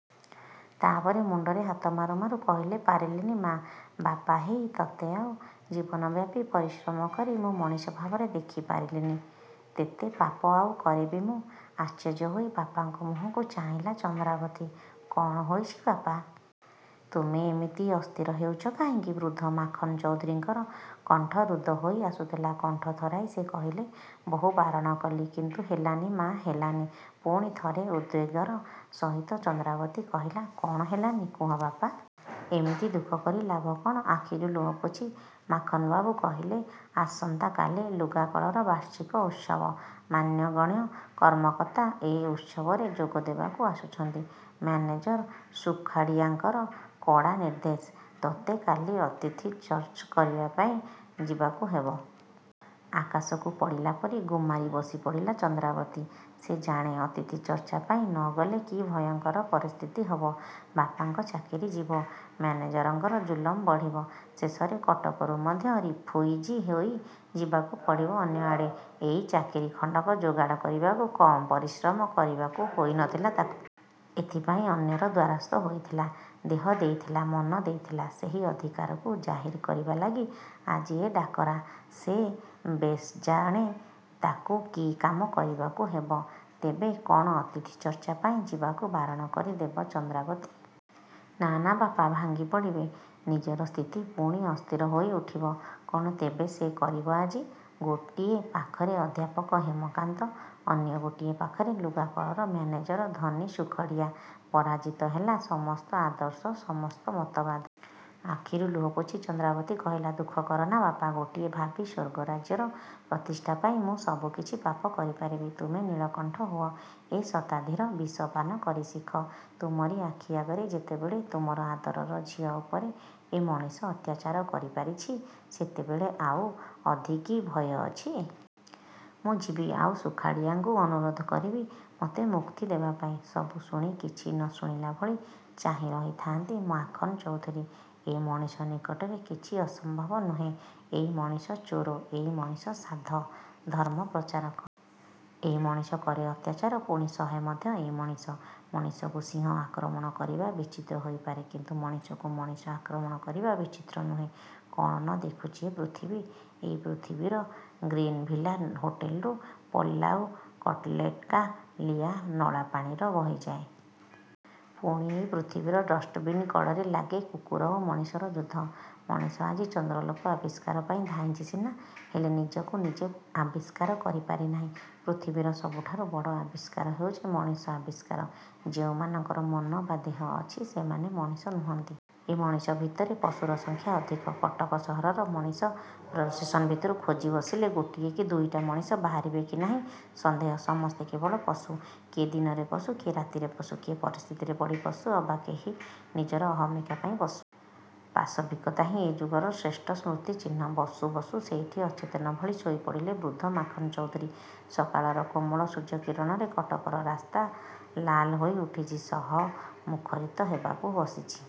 ତା'ପରେ ମୁଣ୍ଡରେ ହାତ ମାରୁ ମାରୁ କହିଲେ''ପାରିଲିନି ମା! ବାପା ହେଇ ତତେ ଆଉ ଜୀବନବ୍ୟାପୀ ପରିଶ୍ରମ କରି ମୁଁ ମଣିଷ ଭାବରେ ଦେଖି ପାରିଲି ନି। ତେତେ ପାପ ଆଉ କରିବି ମୁଁ? '' ଆଶ୍ଚର୍ଯ୍ୟ ହୋଇ ବାପାଙ୍କ ମୁହଁକୁ ଚାହିଁଲା ଚନ୍ଦ୍ରାବତୀ''କ'ଣ ହୋଇଛି ବାପା! ତୁମେ ଏମିତି ଅସ୍ଥିର ହେଉଛ କାହିଁକି? '' ବୃଦ୍ଧ ମାଖନ୍ ଚୌଧୁରୀଙ୍କର କଣ୍ଠ ରୁଦ୍ଧ ହୋଇ ଆସୁଥିଲା। କଣ୍ଠ ଥରାଇ ସେ କହିଲେ''ବହୁ ବାରଣ କଲି କିନ୍ତୁ ହେଲାନି ମା ହେଲାନି। ''ପୁଣି ଥରେ ଉଦ୍ବେଗର ସହିତ ଚନ୍ଦ୍ରାବତୀ କହିଲା ''କ'ଣ ହେଲାନି କୁହ ବାପା! ଏମିତି ଦୁଃଖ କରି ଲାଭ କ'ଣ? '' ଆଖିରୁ ଲୁହ ପୋଛି ମାଖନ୍ବାବୁ କହିଲେ ଆସନ୍ତା କାଲି ଲୁଗାକଳର ବାର୍ଷିକ ଉତ୍ସବ। ମାନ୍ୟଗଣ୍ୟ କର୍ମକର୍ତ୍ତା ଏ ଉତ୍ସବରେ ଯୋଗ ଦେବାକୁ ଆସୁଛନ୍ତି। ମ୍ୟାନେଜର ସୁଖାଡ଼ିଆଙ୍କର କଡ଼ା ନିର୍ଦ୍ଦେଶ, ତୋତେ କାଲି ଅତିଥି ଚର୍ଚ୍ଚ କରିବାପାଇଁ ଯିବାକୁ ହେବ। '' ଆକାଶକୁ ପଡ଼ିଲା ପରି ଗୁମ୍ମାରି ବସିପଡ଼ିଲା ଚନ୍ଦ୍ରାବତୀ। ସେ ଜାଣେ ଅତିଥି ଚର୍ଚ୍ଚା ପାଇଁ ନ ଗଲେ କି ଭୟଙ୍କର ପରିସ୍ଥିତି ହେବ। ବାପାଙ୍କ ଚାକିରି ଯିବ। ମ୍ୟାନେଜରଙ୍କର ଜୁଲମ୍ ବଢ଼ିବ। ଶେଷରେ କଟକରୁ ମଧ୍ୟ ରିଫୁଇଜି ହୋଇ ଯିବାକୁ ପଡ଼ିବ ଅନ୍ୟଆଡ଼େ! ଏଇ ଚାକିରୀ ଖଣ୍ଡକ ଯୋଗାଡ଼ କରିବାକୁ କମ୍ ପରିଶ୍ରମ କରିବାକୁ ହୋଇ ନ ଥିଲା ତାକୁ। ଏଥିପାଇଁ ଅନ୍ୟର ଦ୍ୱାରସ୍ଥ ହୋଇଥିଲା। ଦେହ ଦେଇଥିଲା। ମନ ଦେଇଥିଲା। ସେହି ଅଧିକାରକୁ ଜାହିର କରିବା ଲାଗି ଆଜି ଏ ଡାକରା। ସେ ବେଶଜଣେ ତାକୁ କି କାମ କରିବାକୁ ହେବ। ତେବେ କ'ଣ ଅତିଥି ଚର୍ଚ୍ଚା ପାଇଁ ଯିବାକୁ ବାରଣ କରି ଦେବ ଚନ୍ଦ୍ରାବତୀ? ନାଁ ନାଁ ବାପା ଭାଙ୍ଗି ପଡ଼ିବେ। ନିଜର ସ୍ଥିତି ପୁଣି ଅସ୍ଥିର ହୋଇ ଉଠିବ। କ'ଣ ତେବେ ସେ କରିବ ଆଜି। ଗୋଟିଏ ପାଖରେ ଅଧ୍ୟାପକ ହେମକାନ୍ତ ଅନ୍ୟ ଗୋଟିଏ ପାଖରେ ଲୁଗାକଳର ମ୍ୟାନେଜର ଧନୀ ସୁଖଡ଼ିଆ। ପରାଜିତ ହେଲା ସମସ୍ତ ଆଦର୍ଶ.. ସମସ୍ତ ମତବାଦ। ଆଖିରୁ ଲୁହ ପୋଛି ଚନ୍ଦ୍ରାବତୀ କହିଲା''ଦୁଃଖ କରନା ବାପା! ଗୋଟିଏ ଭାବୀ ସ୍ୱର୍ଗରାଜ୍ୟର ପ୍ରତିଷ୍ଠାପାଇଁ ମୁଁ ସବୁ କିଛି ପାପ କରିପାରିବି। ତୁମେ ନୀଳକଣ୍ଠ ହୁଅ, ଏ ଶତାବ୍ଦୀର ବିଷ ପାନ କରି ଶିଖ। ତୁମରି ଆଖି ଆଗରେ ଯେତେବେଳେ ତୁମର ଆଦରର ଝିଅ ଉପରେ ଏ ମଣିଷ ଅତ୍ୟାଚାର କରିପାରିଛି ସେତେବେଳେ ଆଉ ଅଧିକି ଭୟ ଅଛି? ମୁଁ ଯିବି ଆଉ ସୁଖାଡ଼ିଆଙ୍କୁ ଅନୁରୋଧ କରିବି ମୋତେ ମୁକ୍ତି ଦେବାପାଇଁ। '' ସବୁ ଶୁଣି କିଛି ନ ଶୁଣିଲା ଭଳି ଚାହିଁ ରହିଥାଆନ୍ତି ମାଖନ୍ଚୌଧୁରୀ। ଏ ମଣିଷ ନିକଟରେ କିଛି ଅସମ୍ଭବ ନୁହେଁ। ଏଇ ମଣିଷ ଚୋର, ଏଇ ମଣିଷ ସାଧ, ଧର୍ମ ପ୍ରଚାରକ। ଏଇ ମଣିଷ କରେ ଅତ୍ୟାଚାର ପୁଣି ସହେ ମଧ୍ୟ ଏଇ ମଣିଷ। ମଣିଷକୁ ସିଂହ ଆକ୍ରମଣ କରିବା ବିଚିତ୍ର ହୋଇପାରେ କିନ୍ତୁ ମଣିଷକୁ ମଣିଷ ଆକ୍ରମଣ କରିବା ବିଚିତ୍ର ନୁହେଁ। କ'ଣ ନ ଦେଖୁଛି ଏ ପୃଥିବୀ? ଏଇ ପୃଥିବୀର ଗ୍ରୀନ୍ଭିଲ୍ଲା ହୋଟେଲରୁ ପଲାଉ କଟଲେଟ୍କା ଲିଆ ନଳାପାଣିର ବହିଯାଏ। ପୁଣି ଏଇ ପୃଥିବୀର ଡଷ୍ଟବିନ୍ କଡ଼ରେ ଲାଗେ କୁକୁର ଓ ମଣିଷର ଯୁଦ୍ଧ। ମଣିଷ ଆଜି ଚନ୍ଦ୍ରଲୋକ ଆବିଷ୍କାର ପାଇଁ ଧାଇଁଛି ସିନା ହେଲେ ନିଜକୁ ନିଜେ ଆବିଷ୍କାର କରି ପାରିନାହିଁ। ପୃଥିବୀର ସବୁଠାରୁ ବଡ଼ ଆବିଷ୍କାର ହେଉଛି ମଣିଷ ଆବିଷ୍କାର-। ଯେଉଁମାନଙ୍କର ମନ ବା ଦେହ ଅଛି ସେମାନେ ମଣିଷ ନୁହଁନ୍ତି। ଏ ମଣିଷ ଭିତରେ ପଶୁର ସଂଖ୍ୟା ଅଧିକ। କଟକ ସହରର ମଣିଷ ପ୍ରସେସନ୍ଭିତରୁ ଖୋଜି ବସିଲେ ଗୋଟିଏ କି ଦୁଇଟା ମଣିଷ ବାହାରିବେ କି ନାହିଁ ସନ୍ଦେହ। ସମସ୍ତେ କେବଳ ପଶୁ। କିଏ ଦିନରେ ପଶୁ, କିଏ ରାତିରେ ପଶୁ, କିଏ ପରିସ୍ଥିତିରେ ପଡ଼ି ପଶୁ, ଅବା କେହି ନିଜର ଅହମିକା ପାଇଁ ପଶୁ। ପାଶବିକତା ହିଁ ଏ ଯୁଗର ଶ୍ରେଷ୍ଠସ୍ମୃତି ଚିହ୍ନ। ବସୁ ବସୁ ସେଇଠି ଅଚେତନ ଭଳି ଶୋଇପଡ଼ିଲେ ବୃଦ୍ଧ ମାଖନ୍ଚୌଧୁରୀ। ସକାଳର କୋମଳ ସୂର୍ଯ୍ୟକିରଣରେ କଟକର ରାସ୍ତା ଲାଲ ହୋଇ ଉଠିଛି। ସହ ମୁଖରିତ ହେବାକୁ ବସିଛି।